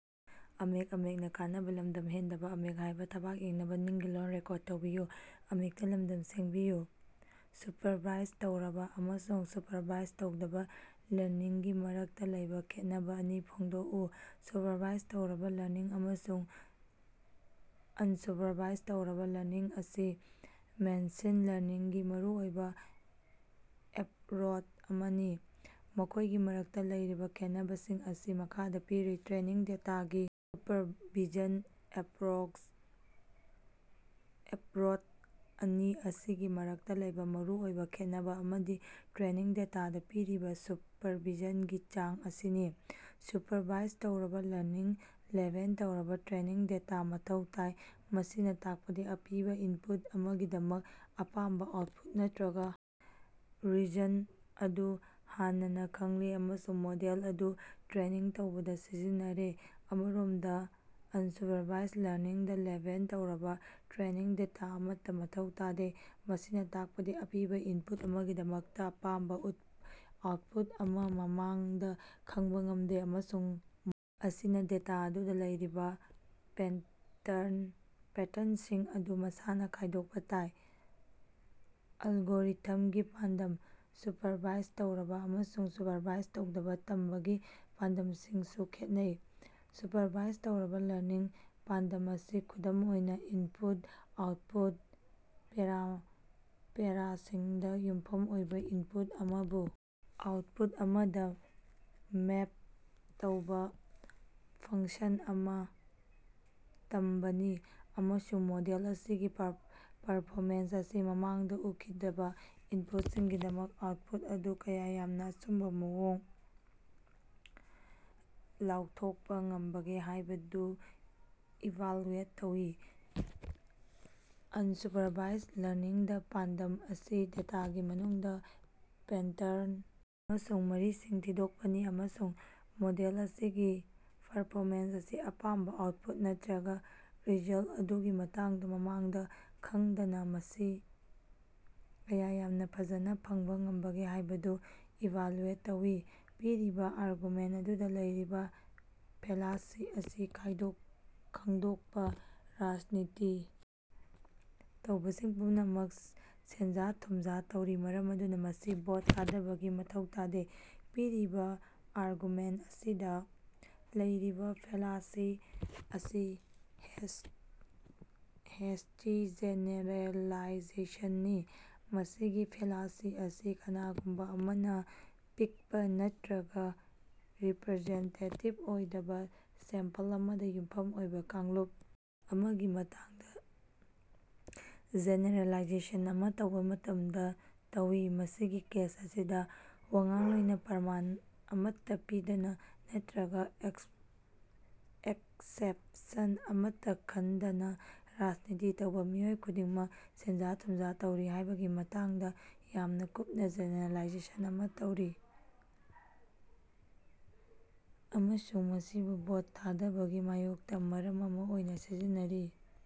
Supervise ꯇꯧꯔꯕ ꯑꯃꯁꯨꯡ supervise ꯇꯧꯗꯕ ꯂꯔꯅꯤꯡꯒꯤ ꯃꯔꯛꯇ ꯂꯩꯕ ꯈꯦꯠꯅꯕ ꯑꯅꯤ ꯐꯣꯡꯗꯣꯛꯎ꯫ ꯁꯨꯄꯔꯚꯥꯏꯖ ꯇꯧꯔꯕ ꯂꯔꯅꯤꯡ ꯑꯃꯁꯨꯡ ꯑꯟꯁꯨꯄꯔꯚꯥꯏꯖ ꯇꯧꯔꯕ ꯂꯔꯅꯤꯡ ꯑꯁꯤ ꯃꯦꯁꯤꯟ ꯂꯔꯅꯤꯡꯒꯤ ꯃꯔꯨꯑꯣꯏꯕ ꯑꯦꯞꯔꯣꯆ ꯑꯅꯤꯅꯤ꯫ ꯃꯈꯣꯏꯒꯤ ꯃꯔꯛꯇ ꯂꯩꯔꯤꯕ ꯈꯦꯠꯅꯕꯁꯤꯡ ꯑꯁꯤ ꯃꯈꯥꯗ ꯄꯤꯔꯤ- ꯇ꯭ꯔꯦꯅꯤꯡ ꯗꯦꯇꯥꯒꯤ ꯁꯨꯄꯔꯚꯤꯖꯟ - ꯑꯦꯞꯔꯣꯆ ꯑꯅꯤ ꯑꯁꯤꯒꯤ ꯃꯔꯛꯇ ꯂꯩꯕ ꯃꯔꯨꯑꯣꯏꯕ ꯈꯦꯠꯅꯕ ꯑꯃꯗꯤ ꯇ꯭ꯔꯦꯅꯤꯡ ꯗꯦꯇꯥꯗ ꯄꯤꯔꯤꯕ ꯁꯨꯄꯔꯚꯤꯖꯟꯒꯤ ꯆꯥꯡ ꯑꯁꯤꯅꯤ꯫ ꯁꯨꯄꯔꯚꯥꯏꯖ ꯇꯧꯔꯕ ꯂꯔꯅꯤꯡꯗ ꯂꯦꯕꯦꯜ ꯇꯧꯔꯕ ꯇ꯭ꯔꯦꯅꯤꯡ ꯗꯦꯇꯥ ꯃꯊꯧ ꯇꯥꯏ, ꯃꯁꯤꯅ ꯇꯥꯛꯄꯗꯤ ꯑꯄꯤꯕ ꯏꯟꯄꯨꯠ ꯑꯃꯒꯤꯗꯃꯛ ꯑꯄꯥꯝꯕ ꯑꯥꯎꯠꯄꯨꯠ ꯅꯠꯇꯔꯒ ꯔꯤꯖꯜꯇ ꯑꯗꯨ ꯍꯥꯟꯅꯅ ꯈꯪꯂꯦ ꯑꯃꯁꯨꯡ ꯃꯣꯗꯦꯜ ꯑꯗꯨ ꯇ꯭ꯔꯦꯅꯤꯡ ꯇꯧꯕꯗ ꯁꯤꯖꯤꯟꯅꯔꯦ꯫ ꯑꯃꯔꯣꯝꯗ, ꯑꯟꯁꯨꯄꯔꯚꯥꯏꯖ ꯂꯔꯅꯤꯡꯗ ꯂꯦꯕꯦꯜ ꯇꯧꯔꯕ ꯇ꯭ꯔꯦꯅꯤꯡ ꯗꯦꯇꯥ ꯑꯃꯠꯇ ꯃꯊꯧ ꯇꯥꯗꯦ, ꯃꯁꯤꯅ ꯇꯥꯛꯄꯗꯤ ꯑꯄꯤꯕ‌ ꯏꯟꯄꯨꯠ ꯑꯃꯒꯤꯗꯃꯛ ꯑꯄꯥꯝꯕ ꯑꯥꯎꯠꯄꯨꯠ ꯑꯗꯨ ꯃꯃꯥꯡꯗ ꯈꯪꯕ ꯉꯝꯗꯦ, ꯑꯃꯁꯨꯡ ꯃꯣꯗꯦꯜ ꯑꯁꯤꯅ ꯗꯦꯇꯥ ꯑꯗꯨꯗ ꯂꯩꯔꯤꯕ ꯄꯦꯇ꯭ꯔꯟꯁꯤꯡ ꯑꯗꯨ ꯃꯁꯥꯅ ꯈꯪꯗꯣꯛꯄ ꯇꯥꯏ꯫ ꯑꯦꯜꯒꯣꯔꯤꯊꯝꯒꯤ ꯄꯥꯟꯗꯝ - ꯁꯨꯄꯔꯚꯥꯏꯖ ꯇꯧꯔꯕ ꯑꯃꯁꯨꯡ ꯁꯨꯄꯔꯚꯥꯏꯖ ꯇꯧꯗꯕ ꯇꯝꯕꯒꯤ ꯄꯥꯟꯗꯝꯁꯤꯡꯁꯨ ꯈꯦꯠꯅꯩ꯫ ꯁꯨꯄꯔꯚꯥꯏꯖ ꯇꯧꯔꯕ ꯂꯔꯅꯤꯡꯗ, ꯄꯥꯟꯗꯝ ꯑꯁꯤ ꯈꯨꯗꯝ ꯑꯣꯏꯅ ꯏꯟꯄꯨꯠ-ꯑꯥꯎꯠꯄꯨꯠ ꯄꯦꯔꯥꯁꯤꯡꯗ ꯌꯨꯝꯐꯝ ꯑꯣꯏꯕ ꯏꯟꯄꯨꯠ ꯑꯃꯕꯨ ꯑꯥꯎꯠꯄꯨꯠ ꯑꯃꯗ ꯃꯦꯞ ꯇꯧꯕ ꯐꯪꯁꯟ ꯑꯃ ꯇꯝꯕꯅꯤ, ꯑꯃꯁꯨꯡ ꯃꯣꯗꯦꯜ ꯑꯁꯤꯒꯤ ꯄꯔꯐꯣꯃꯦꯟꯁ ꯑꯁꯤ ꯃꯃꯥꯡꯗ ꯎꯈꯤꯗꯕ ꯏꯟꯄꯨꯠꯁꯤꯡꯒꯤꯗꯃꯛꯇ ꯑꯥꯎꯠꯄꯨꯠ ꯑꯗꯨ ꯀꯌꯥ ꯌꯥꯝꯅ ꯑꯆꯨꯝꯕ ꯃꯑꯣꯡꯗ ꯂꯥꯎꯊꯣꯛꯄ ꯉꯝꯕꯒꯦ ꯍꯥꯏꯕꯗꯨꯗ ꯏꯚꯥꯂꯨꯑꯦꯠ ꯇꯧꯏ꯫ ꯑꯟꯁꯨꯄꯔꯚꯥꯏꯖ ꯂꯔꯅꯤꯡꯗ, ꯄꯥꯟꯗꯝ ꯑꯁꯤ ꯗꯦꯇꯥꯒꯤ ꯃꯅꯨꯡꯗ ꯄꯦꯇ꯭ꯔꯟ ꯑꯃꯁꯨꯡ ꯃꯔꯤꯁꯤꯡ ꯊꯤꯗꯣꯛꯄꯅꯤ, ꯑꯃꯁꯨꯡ ꯃꯣꯗꯦꯜ ꯑꯁꯤꯒꯤ ꯄꯔꯐꯣꯃꯦꯟꯁ ꯑꯁꯤ ꯑꯄꯥꯝꯕ ꯑꯥꯎꯠꯄꯨꯠ ꯅꯠꯇꯔꯒ ꯔꯤꯖꯜꯇ ꯑꯗꯨꯒꯤ ꯃꯇꯥꯡꯗ ꯃꯃꯥꯡꯗ ꯈꯪꯗꯅ ꯃꯁꯤ ꯀꯌꯥ ꯌꯥꯝꯅ ꯐꯖꯅ ꯐꯪꯕ ꯉꯝꯕꯒꯦ ꯍꯥꯏꯕꯗꯨ ꯏꯚꯥꯂꯨꯑꯦꯠ ꯇꯧꯏ꯫ ꯄꯤꯔꯤꯕ ꯑꯥꯔꯒꯨꯃꯦꯟꯇ ꯑꯗꯨꯗ ꯂꯩꯔꯤꯕ ꯐꯦꯂꯥꯁꯤ ꯑꯗꯨ ꯈꯪꯗꯣꯛꯄ꯫ ꯔꯥꯖꯅꯤꯇꯤ ꯇꯧꯕꯁꯤꯡ ꯄꯨꯝꯅꯃꯛ ꯁꯦꯟꯖ-ꯊꯨꯝꯖ ꯇꯧꯔꯤ, ꯃꯔꯝ ꯑꯗꯨꯅ ꯃꯁꯤ ꯚꯣꯠ ꯊꯥꯗꯕꯒꯤ ꯃꯊꯧ ꯇꯥꯗꯦ꯫ ꯄꯤꯔꯤꯕ ꯑꯥꯔꯒꯨꯃꯦꯟꯇ ꯑꯁꯤꯗ ꯂꯩꯔꯤꯕ ꯐꯦꯂꯥꯁꯤ ꯑꯁꯤ ꯍꯦꯁꯇꯤ ꯖꯦꯅꯦꯔꯦꯂꯥꯏꯖꯦꯁꯟꯅꯤ꯫ ꯃꯁꯤꯒꯤ ꯐꯦꯂꯥꯁꯤ ꯑꯁꯤ ꯀꯅꯥꯒꯨꯝꯕ ꯑꯃꯅ ꯑꯄꯤꯛꯄ ꯅꯠꯇꯔꯒ ꯔꯤꯄꯔꯖꯦꯟꯇꯦꯇꯤꯕ ꯑꯣꯏꯗꯕ ꯁꯦꯝꯄꯜ ꯑꯃꯗ ꯌꯨꯝꯐꯝ ꯑꯣꯏꯗꯨꯅ ꯀꯥꯡꯂꯨꯞ ꯑꯃꯒꯤ ꯃꯇꯥꯡꯗ ꯖꯦꯅꯦꯔꯦꯂꯥꯏꯖꯦꯁꯟ ꯑꯃ ꯇꯧꯕ ꯃꯇꯝꯗ ꯇꯧꯏ꯫ ꯃꯁꯤꯒꯤ ꯀꯦꯁ ꯑꯁꯤꯗ ꯋꯥꯉꯥꯡꯂꯣꯏꯅ ꯄ꯭ꯔꯃꯥꯟ ꯑꯃꯠꯇ ꯄꯤꯗꯅ ꯅꯠꯇꯔꯒ ꯑꯦꯛꯁꯦꯞꯁꯟ ꯑꯃꯠꯇ ꯈꯟꯅꯗꯅ ꯔꯥꯖꯅꯤꯇꯤ ꯇꯧꯕ ꯃꯤꯑꯣꯏ ꯈꯨꯗꯤꯡꯃꯛ ꯁꯦꯟꯖ-ꯊꯨꯝꯖ ꯇꯧꯔꯤ ꯍꯥꯏꯕꯒꯤ ꯃꯇꯥꯡꯗ ꯌꯥꯝꯅ ꯀꯨꯞꯅ ꯖꯦꯅꯦꯔꯦꯂꯥꯏꯖꯦꯁꯟ ꯑꯃ ꯇꯧꯔꯤ, ꯑꯃꯁꯨꯡ ꯃꯁꯤꯕꯨ ꯚꯣꯠ ꯊꯥꯗꯕꯒꯤ ꯃꯥꯌꯣꯛꯇ ꯃꯔꯝ ꯑꯃ ꯑꯣꯏꯅ ꯁꯤꯖꯤꯟꯅꯔꯤ꯫